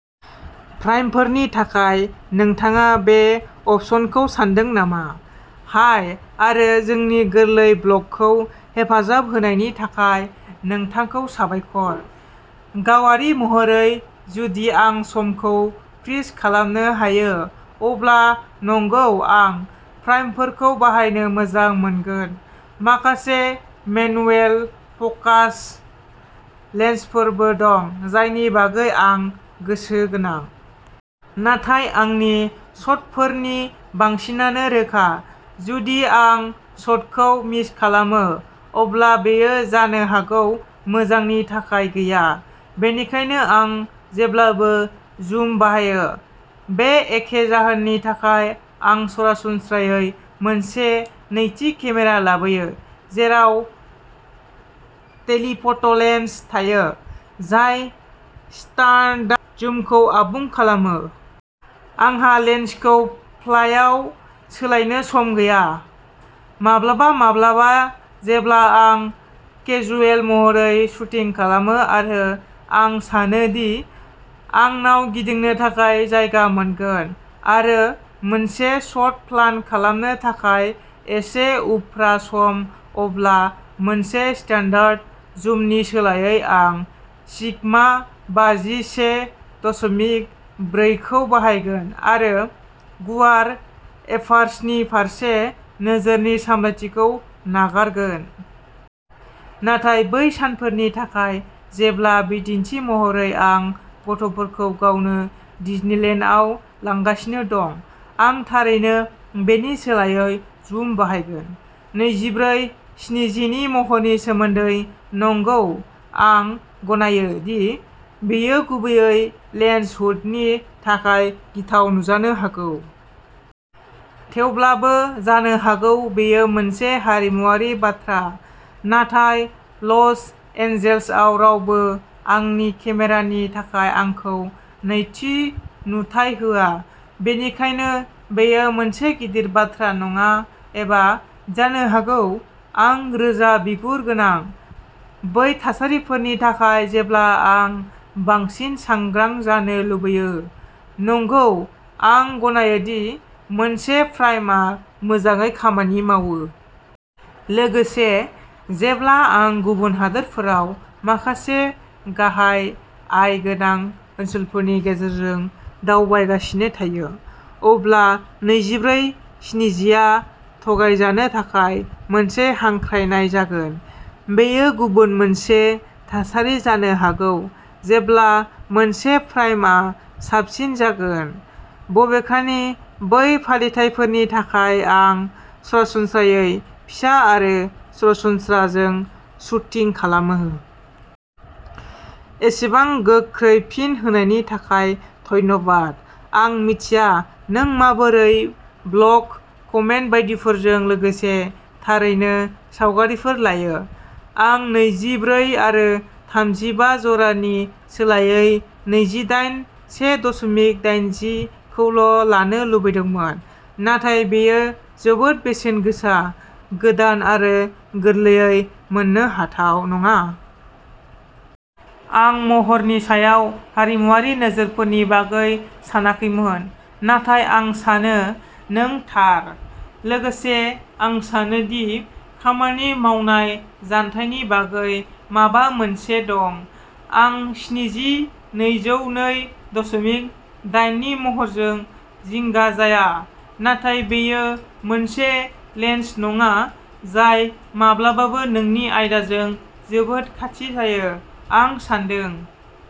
प्राइमफोरनि थाखाय नोंथाङा बे अपसनखौ सानदों नामा? हाय आरो जोंनि गोरलै ब्लगखौ हेफाजाब होनायनि थाखाय नोंथांखौ साबायखर! गावारि महरै जुदि आं समखौ फ्रिज खालामनो हायो अब्ला नंगौ आं प्राइमफोरखौ बाहायनो मोजां मोनगोन। माखासे मेनुएल फ'कास लेन्सफोरबो दं जायनि बागै आं गोसोगोनां। नाथाय आंनि शटफोरनि बांसिनानो रोखा। जुदि आं शटखौ मिस खालामो, अब्ला बेयो जानो हागौ मोजांनि थाखाय गैया। बेनिखायनो आं जेब्लाबो जुम बाहायो। बे एखे जाहोननि थाखाय, आं सरासनस्रायै मोनसे नैथि केमेरा लाबोयो जेराव टेलिफ'ट'लेन्स थायो जाय स्टान्डार्ड जुमखौ आबुं खालामो। आंहा लेन्सखौ फ्लायाव सोलायनो सम गैया। माब्लाबा माब्लाबा, जेब्ला आं केजुयेल महरै शुटिं खालामो आरो आं सानो दि आंनाव गिदिंनो थाखाय जायगा मोनगोन आरो मोनसे शट प्लान खालामनो थाखाय एसे उफ्रा सम, अब्ला मोनसे स्टान्डार्ड जुमनि सोलायै आं सिगमा बाजि से दसमिक ब्रैखौ बाहायगोन आरो गुवार एपार्सारनि फारसे नोजोरनि सामलायथिखौ नागारगोन। नाथाय बै सानफोरनि थाखाय जेब्ला बिदिन्थि महरै आं गथ'फोरखौ गावनो डिजनिलेन्डआव लांगासिनो दं आं थारैनो बेनि सोलायै जुम बाहायगोन। नैजिब्रै स्निजिनि महरनि सोमोन्दै, नंगौ आं गनायो दि बेयो गुबैयै लेन्स हुडनि थाखाय गिथाव नुजानो हागौ। थेवब्लाबो, जानो हागौ बेयो मोनसे हारिमुआरि बाथ्रा, नाथाय लस एन्जेल्सआव रावबो आंनि केमेरानि थाखाय आंखौ नैथि नुथाय होआ, बेनिखायनो बेयो मोनसे गिदिर बाथ्रा नङा। एबा जानो हागौ आं रोजा बिगुर गोनां। बै थासारिफोरनि थाखाय जेब्ला आं बांसिन सांग्रां जानो लुबैयो, नंगौ आं गनायो दि मोनसे प्राइमआ मोजाङै खामानि मावो। लोगोसे, जेब्ला आं गुबुन हादोरफोराव माखासे गाहाय आय गोनां ओनसोलफोरनि गेजेरजों दावबायगासिनो थायो, अब्ला नैजिब्रै स्निजिआ थगायजानो थाखाय मोनसे हांख्रायनाय जागोन। बेयो गुबुन मोनसे थासारि जानो हागौ जेब्ला मोनसे प्राइमआ साबसिन जागोन। बबेखानि बै फालिथायफोरनि थाखाय, आं सरासनस्रायै फिसा आरो सरासनस्रा जों शुटिं खालामो। एसेबां गोख्रै फिन होनायनि थाखाय धन्यबाद आं मिथिया नों माबोरै ब्लग, कमेन्ट बायदिफोरजों लोगोसे थारैनो सावगारिफोर लायो! आं नैजि ब्रै आरो थामजि बा जरानि सोलायै नैजि दाइन से दसमिक दाइनजि खौल' लानो लुबैदोंमोन नाथाय बेयो जोबोद बेसेन गोसा गोदान आरो गोरलैयै मोननो हाथाव नङा। आं महरनि सायाव हारिमुआरि नोजोरफोरनि बागै सानाखैमोन नाथाय आं सानो नों थार। लोगोसे आं सानो दि खामानि मावनाय जानथायनि बागै माबा मोनसे दं आं स्निजि नैजौ नै दसमिक दाइननि महरजों जिंगा जाया नाथाय बेयो मोनसे लेन्स नङा जाय माब्लाबाबो नोंनि आयदाजों जोबोद खाथि जायो। आं सान्दों।